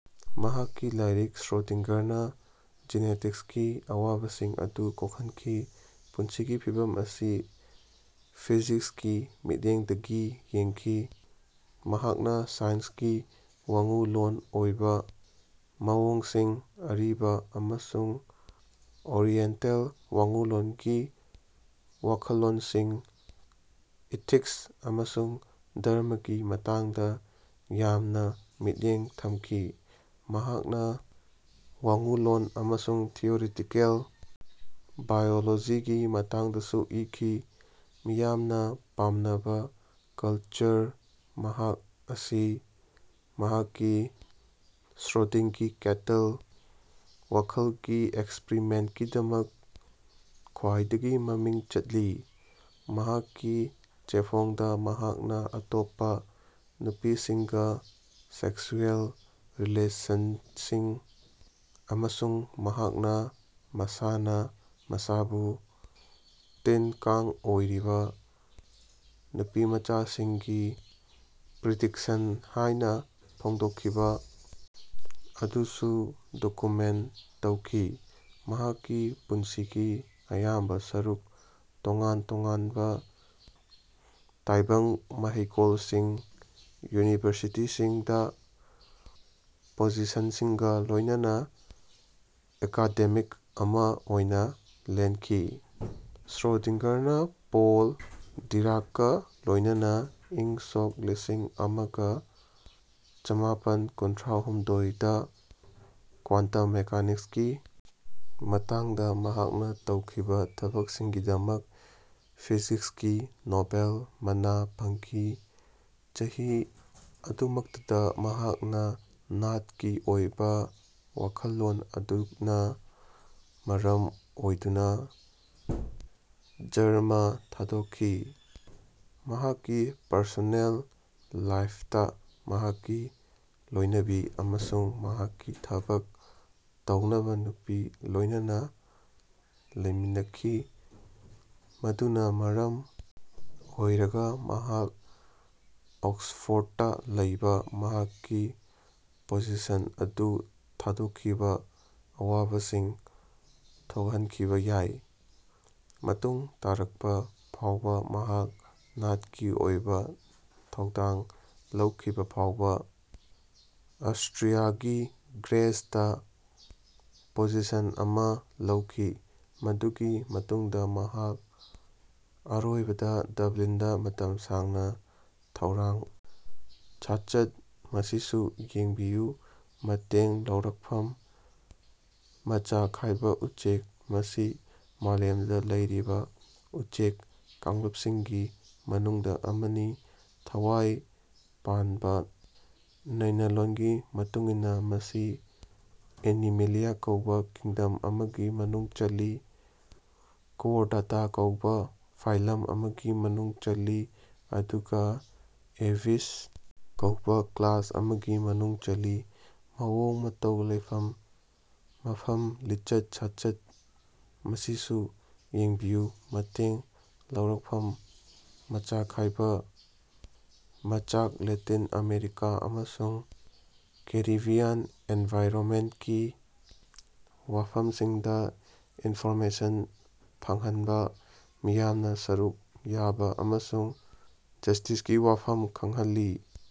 ꯃꯍꯥꯛꯀꯤ ꯂꯥꯏꯔꯤꯛ, ꯁ꯭ꯔꯣꯗꯤꯡꯒꯔꯅꯥ ꯖꯤꯅꯦꯇꯤꯛꯁꯀꯤ ꯑꯋꯥꯕꯁꯤꯡ ꯑꯗꯨ ꯀꯣꯛꯍꯟꯈꯤ, ꯄꯨꯟꯁꯤꯒꯤ ꯐꯤꯚꯝ ꯑꯁꯤ ꯐꯤꯖꯤꯛꯁꯀꯤ ꯃꯤꯠꯌꯦꯡꯗꯒꯤ ꯌꯦꯡꯈꯤ꯫ ꯃꯍꯥꯛꯅꯥ ꯁꯥꯏꯟꯁꯀꯤ ꯋꯥꯡꯉꯨꯂꯣꯟ ꯑꯣꯏꯕ ꯃꯑꯣꯡꯁꯤꯡ, ꯑꯔꯤꯕ, ꯑꯃꯁꯨꯡ ꯑꯣꯔꯤꯑꯦꯟꯇꯦꯜ ꯋꯥꯉꯨꯂꯣꯟꯒꯤ ꯋꯥꯈꯜꯂꯣꯟꯁꯤꯡ, ꯏꯊꯤꯛꯁ ꯑꯃꯁꯨꯡ ꯙꯔꯃꯒꯤ ꯃꯇꯥꯡꯗꯥ ꯌꯥꯝꯅꯥ ꯃꯤꯠꯌꯦꯡ ꯊꯝꯈꯤ꯫ ꯃꯍꯥꯛꯅ ꯋꯥꯡꯉꯨꯂꯣꯟ ꯑꯃꯁꯨꯡ ꯊꯤꯑꯣꯔꯤꯇꯤꯀꯦꯜ ꯕꯥꯏꯑꯣꯂꯣꯖꯤꯒꯤ ꯃꯇꯥꯡꯗꯁꯨ ꯏꯈꯤ꯫ ꯃꯤꯌꯥꯝꯅ ꯄꯥꯝꯅꯕ ꯀꯜꯆꯔꯗ, ꯃꯍꯥꯛ ꯑꯁꯤ ꯃꯍꯥꯛꯀꯤ "ꯁ꯭ꯔꯣꯗꯤꯡꯒꯤ ꯀꯦꯠꯜ" ꯋꯥꯈꯜꯒꯤ ꯑꯦꯛꯁꯄ꯭ꯔꯤꯃꯦꯟꯇꯀꯤꯗꯃꯛ ꯈ꯭ꯋꯥꯏꯗꯒꯤ ꯃꯃꯤꯡ ꯆꯠꯂꯤ꯫ ꯃꯍꯥꯛꯀꯤ ꯆꯦꯐꯣꯡꯗ ꯃꯍꯥꯛꯅꯥ ꯑꯇꯣꯞꯄꯥ ꯅꯨꯄꯤꯁꯤꯡꯒꯥ ꯁꯦꯛꯁꯨꯑꯦꯜ ꯔꯤꯂꯦꯁꯟꯁꯤꯡ ꯑꯃꯁꯨꯡ ꯃꯍꯥꯛꯅꯥ ꯃꯁꯥꯅꯥ ꯃꯁꯥꯕꯨ ꯇꯤꯟ-ꯀꯥꯡ ꯑꯣꯏꯔꯤꯕꯥ ꯅꯨꯄꯤꯃꯆꯥꯁꯤꯡꯒꯤ ꯄ꯭ꯔꯤꯗꯤꯛꯁꯟ ꯍꯥꯏꯅ ꯐꯣꯡꯗꯣꯛꯈꯤꯕ ꯑꯗꯨꯁꯨ ꯗꯣꯀꯨꯃꯦꯟꯇ ꯇꯧꯈꯤ꯫ ꯃꯍꯥꯛꯀꯤ ꯄꯨꯟꯁꯤꯒꯤ ꯑꯌꯥꯝꯕ ꯁꯔꯨꯛ ꯇꯣꯉꯥꯟ ꯇꯣꯉꯥꯟꯕꯥ ꯇꯥꯏꯕꯪ ꯃꯍꯩꯀꯣꯜꯁꯤꯡ ( ꯌꯨꯅꯤꯚꯔꯁꯤꯇꯤꯁꯤꯡ) ꯗꯥ ꯄꯣꯖꯤꯁꯟꯁꯤꯡꯒꯥ ꯂꯣꯏꯅꯅꯥ ꯑꯦꯀꯥꯗꯦꯃꯤꯛ ꯑꯃꯥ ꯑꯣꯏꯅꯥ ꯂꯦꯟꯈꯤ, ꯁ꯭ꯔꯣꯗꯤꯡꯒꯔꯅꯥ ꯄꯣꯜ ꯗꯤꯔꯥꯛꯀꯥ ꯂꯣꯏꯅꯅꯥ ꯢꯪ ꯁꯣꯛ ꯂꯤꯁꯤꯡ ꯑꯃꯒ ꯆꯃꯥꯄꯟ ꯀꯨꯟꯊ꯭ꯔꯥꯍꯨꯝꯗꯣꯢ ꯗꯥ ꯀ꯭ꯋꯥꯟꯇꯝ ꯃꯦꯀꯥꯅꯤꯛꯁꯀꯤ ꯃꯇꯥꯡꯗ ꯃꯍꯥꯛꯅꯥ ꯇꯧꯈꯤꯕ ꯊꯕꯛꯁꯤꯡꯒꯤꯗꯃꯛ ꯐꯤꯖꯤꯛꯁꯀꯤ ꯅꯣꯕꯦꯜ ꯃꯅꯥ ꯐꯪꯈꯤ, ꯆꯍꯤ ꯑꯗꯨꯃꯛꯇꯗ ꯃꯍꯥꯛꯅ ꯅꯥꯠꯀꯤ ꯑꯣꯏꯕ ꯋꯥꯈꯜꯂꯣꯟ ꯑꯗꯨꯅ ꯃꯔꯝ ꯑꯣꯏꯗꯨꯅ ꯖꯔꯃ ꯊꯥꯗꯣꯛꯈꯤ꯫ ꯃꯍꯥꯛꯀꯤ ꯄꯔꯁꯣꯅꯦꯜ ꯂꯥꯏꯐꯇꯥ ꯃꯍꯥꯛꯀꯤ ꯂꯣꯏꯅꯕꯤ ꯑꯃꯁꯨꯡ ꯃꯍꯥꯛꯀꯤ ꯊꯕꯛ ꯇꯧꯅꯕ ꯅꯨꯄꯤ ꯂꯣꯏꯅꯅꯥ ꯂꯩꯃꯤꯟꯅꯈꯤ ꯃꯗꯨꯅꯥ ꯃꯔꯝ ꯑꯣꯏꯔꯒꯥ ꯃꯍꯥꯛ ꯑꯣꯛꯁꯐꯣꯔꯗꯇꯥ ꯂꯩꯕꯥ ꯃꯍꯥꯛꯀꯤ ꯄꯣꯖꯤꯁꯟ ꯑꯗꯨ ꯊꯥꯗꯣꯛꯈꯤꯕꯥ ꯑꯋꯥꯕꯁꯤꯡ ꯊꯣꯛꯍꯟꯈꯤꯕ ꯌꯥꯏ꯫ ꯃꯇꯨꯡ ꯇꯥꯔꯛꯄ ꯐꯥꯎꯕ, ꯃꯍꯥꯛ ꯅꯥꯠꯀꯤ ꯑꯣꯏꯕ ꯊꯧꯗꯥꯡ ꯂꯧꯈꯤꯕ ꯐꯥꯎꯕ ꯑꯁꯇ꯭ꯔꯤꯌꯥꯒꯤ ꯒ꯭ꯔꯦꯖꯗꯥ ꯄꯣꯖꯤꯁꯟ ꯑꯃꯥ ꯂꯩꯈꯤ, ꯃꯗꯨꯒꯤ ꯃꯇꯨꯡꯗꯥ ꯃꯍꯥꯛ ꯑꯔꯣꯏꯕꯗꯥ ꯗꯕ꯭ꯂꯤꯟꯗꯥ ꯃꯇꯝ ꯁꯥꯡꯅ ꯊꯧꯔꯥꯡ ꯁꯥꯆꯠ ꯃꯁꯤꯁꯨ ꯌꯦꯡꯕꯤꯌꯨ ꯃꯇꯦꯡ ꯂꯧꯔꯛꯐꯝ ꯃꯆꯥꯈꯥꯏꯕ ꯎꯆꯦꯛ ꯃꯁꯤ ꯃꯥꯂꯦꯝꯗ ꯂꯩꯔꯤꯕ ꯎꯆꯦꯛ ꯀꯥꯡꯂꯨꯞꯁꯤꯡꯒꯤ ꯃꯅꯨꯡꯗ ꯑꯃꯅꯤ꯫ ꯊꯋꯥꯢ ꯄꯥꯟꯕ ꯅꯩꯅꯂꯣꯟꯒꯤ ꯃꯇꯨꯡꯏꯟꯅ ꯃꯁꯤ ꯑꯦꯅꯤꯃꯦꯂꯤꯌꯥ ꯀꯧꯕ ꯀꯤꯡꯗꯝ ꯑꯃꯒꯤ ꯃꯅꯨꯡ ꯆꯜꯂꯤ, ꯀꯣꯔꯗꯥꯇꯥ ꯀꯧꯕ ꯐꯥꯢꯂꯝ ꯑꯃꯒꯤ ꯃꯅꯨꯡ ꯆꯜꯂꯤ ꯑꯗꯨꯒ ꯑꯦꯚꯤꯁ ꯀꯧꯕ ꯀ꯭ꯂꯥꯁ ꯑꯃꯒꯤ ꯃꯅꯨꯡ ꯆꯜꯂꯤ꯫ ꯃꯑꯣꯡ ꯃꯇꯧ ꯂꯩꯐꯝ ꯃꯐꯝ ꯂꯤꯆꯠ ꯁꯥꯆꯠ ꯃꯁꯤꯁꯨ ꯌꯦꯡꯕꯤꯌꯨ ꯃꯇꯦꯡ ꯂꯧꯔꯛꯐꯝ ꯃꯆꯥꯈꯥꯏꯕ ꯃꯆꯥꯛ ꯂꯦꯇꯤꯟ ꯑꯃꯦꯔꯤꯀꯥ ꯑꯃꯁꯨꯡ ꯀꯦꯔꯤꯕꯤꯌꯥꯟ ꯑꯦꯟꯚꯥꯏꯔꯣꯃꯦꯟꯇꯀꯤ ꯋꯥꯐꯝꯁꯤꯡꯗꯥ ꯏꯟꯐꯣꯔꯃꯦꯁꯟ ꯐꯪꯍꯟꯕꯥ, ꯃꯤꯌꯥꯝꯅꯥ ꯁꯔꯨꯛ ꯌꯥꯕꯥ ꯑꯃꯁꯨꯡ ꯖꯁꯇꯤꯁꯀꯤ ꯋꯥꯐꯝ ꯈꯪꯍꯜꯂꯤ꯫